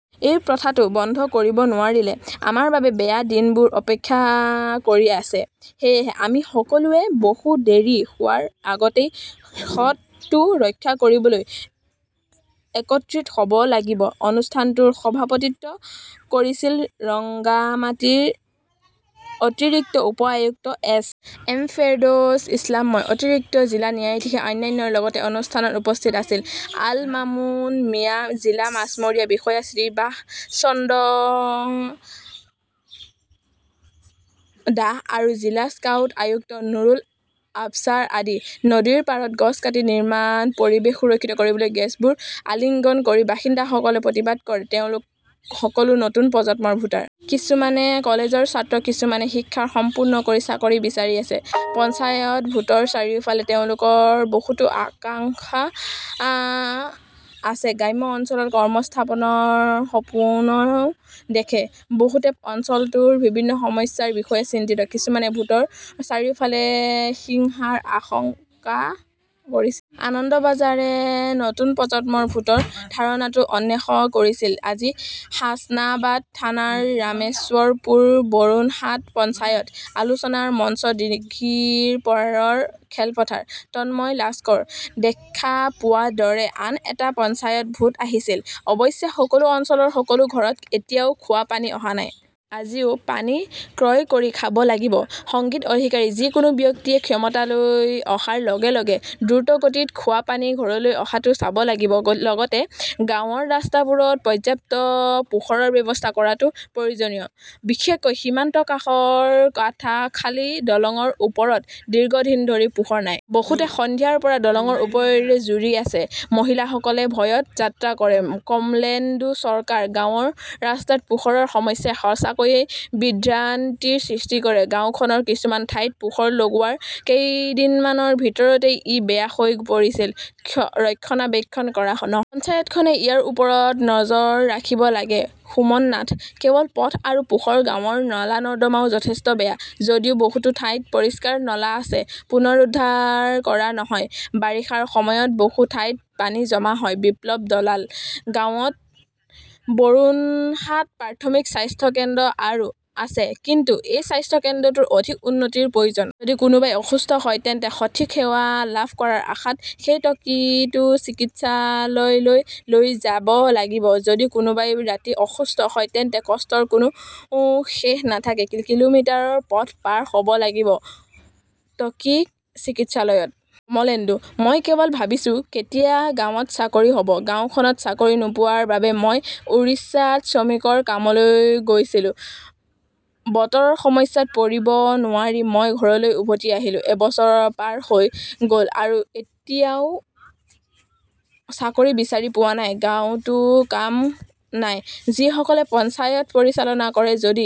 এই প্ৰথাটো বন্ধ কৰিব নোৱাৰিলে আমাৰ বাবে বেয়া দিনবোৰ অপেক্ষা কৰি আছে। সেয়েহে আমি সকলোৱে বহু দেৰি হোৱাৰ আগতেই হ্ৰদটো ৰক্ষা কৰিবলৈ একত্ৰিত হ "ব লাগিব। "অনুষ্ঠানটোৰ সভাপতিত্ব কৰিছিল ৰংগামাটীৰ অতিৰিক্ত উপ-আয়ুক্ত এছ. এম. ফেৰদৌছ ইছলামই। অতিৰিক্ত জিলা ন্যায়াধীশে অন্যান্যৰ লগতে অনুষ্ঠানত উপস্থিত আছিল। আল মামুন মিয়া, জিলা মাছমৰীয়া বিষয়া শ্ৰীবাস চন্দ্ৰ দাস আৰু জিলা স্কাউট আয়ুক্ত নুৰুল আবছাৰ আদি। নদীৰ পাৰত গছ কাটি নিৰ্মাণ, পৰিৱেশ সুৰক্ষিত কৰিবলৈ গছবোৰ আলিঙ্গন কৰি বাসিন্দাসকলে প্ৰতিবাদ কৰে তেওঁলোক সকলো নতুন প্ৰজন্মৰ ভোটাৰ। কিছুমানে কলেজৰ ছাত্ৰ, কিছুমানে শিক্ষা সম্পূৰ্ণ কৰি চাকৰি বিচাৰি আছে। পঞ্চায়ত ভোটৰ চাৰিওফালে তেওঁলোকৰ বহুতো আকাংক্ষা আছে। গ্ৰাম্য অঞ্চলত কৰ্মসংস্থাপনৰ সপোনও দেখে। বহুতে অঞ্চলটোৰ বিভিন্ন সমস্যাৰ বিষয়ে চিন্তিত। কিছুমানে ভোটৰ চাৰিওফালে হিংসাৰ আশংকা কৰিছে। আনন্দবাজাৰে নতুন প্ৰজন্মৰ ভোটৰ ধাৰণাটো অন্বেষণ কৰিছিল। আজি হাচনাবাদ থানাৰ ৰামেশ্বৰপুৰ বৰুণহাট পঞ্চায়ত। আলোচনাৰ মঞ্চ, দিঘিৰপাৰৰ খেলপথাৰ। তন্ময় লাস্কৰঃ দেখা পোৱাৰ দৰে আন এটা পঞ্চায়ত ভোট আহিছিল। অৱশ্যে, সকলো অঞ্চলৰ সকলো ঘৰত এতিয়াও খোৱা পানী অহা নাই। আজিও পানী ক্ৰয় কৰি খাব লাগিব। সংগীত অধিকাৰীঃ যিকোনো ব্যক্তিয়ে ক্ষমতালৈ অহাৰ লগে লগে দ্ৰুতগতিত খোৱা পানী ঘৰলৈ অহাটো চাব লাগিব। লগতে গাঁৱৰ ৰাস্তাবোৰত পৰ্যাপ্ত পোহৰৰ ব্যৱস্থা কৰাটোও প্ৰয়োজনীয়। বিশেষকৈ সীমান্তৰ কাষৰ কাটাখালি দলংৰ ওপৰত দীৰ্ঘদিন ধৰি পোহৰ নাই। বহুতে সন্ধিয়াৰ পৰা দলংৰ ওপৰেৰে জুৰি আছে। মহিলাসকলে ভয়ত যাত্ৰা কৰে। কমলেন্দু চৰকাৰঃ গাঁৱৰ ৰাস্তাত পোহৰৰ সমস্যাই সঁচাকৈয়ে বিভ্ৰান্তিৰ সৃষ্টি কৰে। গাওঁখনৰ কিছুমান ঠাইত পোহৰ লগোৱাৰ কেইদিনমানৰ ভিতৰতে ই বেয়া হৈ পৰিছিল। ৰক্ষণাবেক্ষণ কৰা নহয়। পঞ্চায়তখনে ইয়াৰ ওপৰত নজৰ ৰাখিব লাগে। সুমন নাথঃ কেৱল পথ আৰু পোহৰ, গাঁৱৰ নলা-নৰ্দমাও যথেষ্ট বেয়া। যদিও বহুতো ঠাইত পৰিষ্কাৰ নলা আছে, পুনৰুদ্ধাৰ কৰা নহয়। বাৰিষাৰ সময়ত বহু ঠাইত পানী জমা হয়। বিপ্লৱ দলালঃ গাঁৱত বৰুণহাট প্ৰাথমিক স্বাস্থ্য কেন্দ্ৰ আছে, কিন্তু এই স্বাস্থ্য কেন্দ্ৰটোৰ অধিক উন্নতিৰ প্ৰয়োজন। যদি কোনোবাই অসুস্থ হয় তেন্তে সঠিক সেৱা লাভ কৰাৰ আশাত সেই টকীটো চিকিৎসালয়লৈ লৈ যাব লাগিব। যদি কোনোবাই ৰাতি অসুস্থ হয় তেন্তে কষ্টৰ কোনো শেষ নাথাকে। কিলোমিটাৰ পথ পাৰ হ "ব লাগিব টকি চিকিৎসালয়ত। কমলেন্দুঃ মই কেৱল ভাবিছোঁ কেতিয়া গাঁৱত চাকৰি হ 'ব। গাওঁখনত চাকৰি নোপোৱাৰ বাবে মই উৰিষ্যাত শ্ৰমিকৰ কামলৈ গৈছিলো। বতৰৰ সমস্যাত পৰিব নোৱাৰি মই ঘৰলৈ উভতি আহিলো। এবছৰ পাৰ হৈ গ "ল আৰু এতিয়াও চাকৰি বিচাৰি পোৱা নাই। গাঁৱতো কাম নাই। যিসকলে পঞ্চায়ত পৰিচালনা কৰে, যদি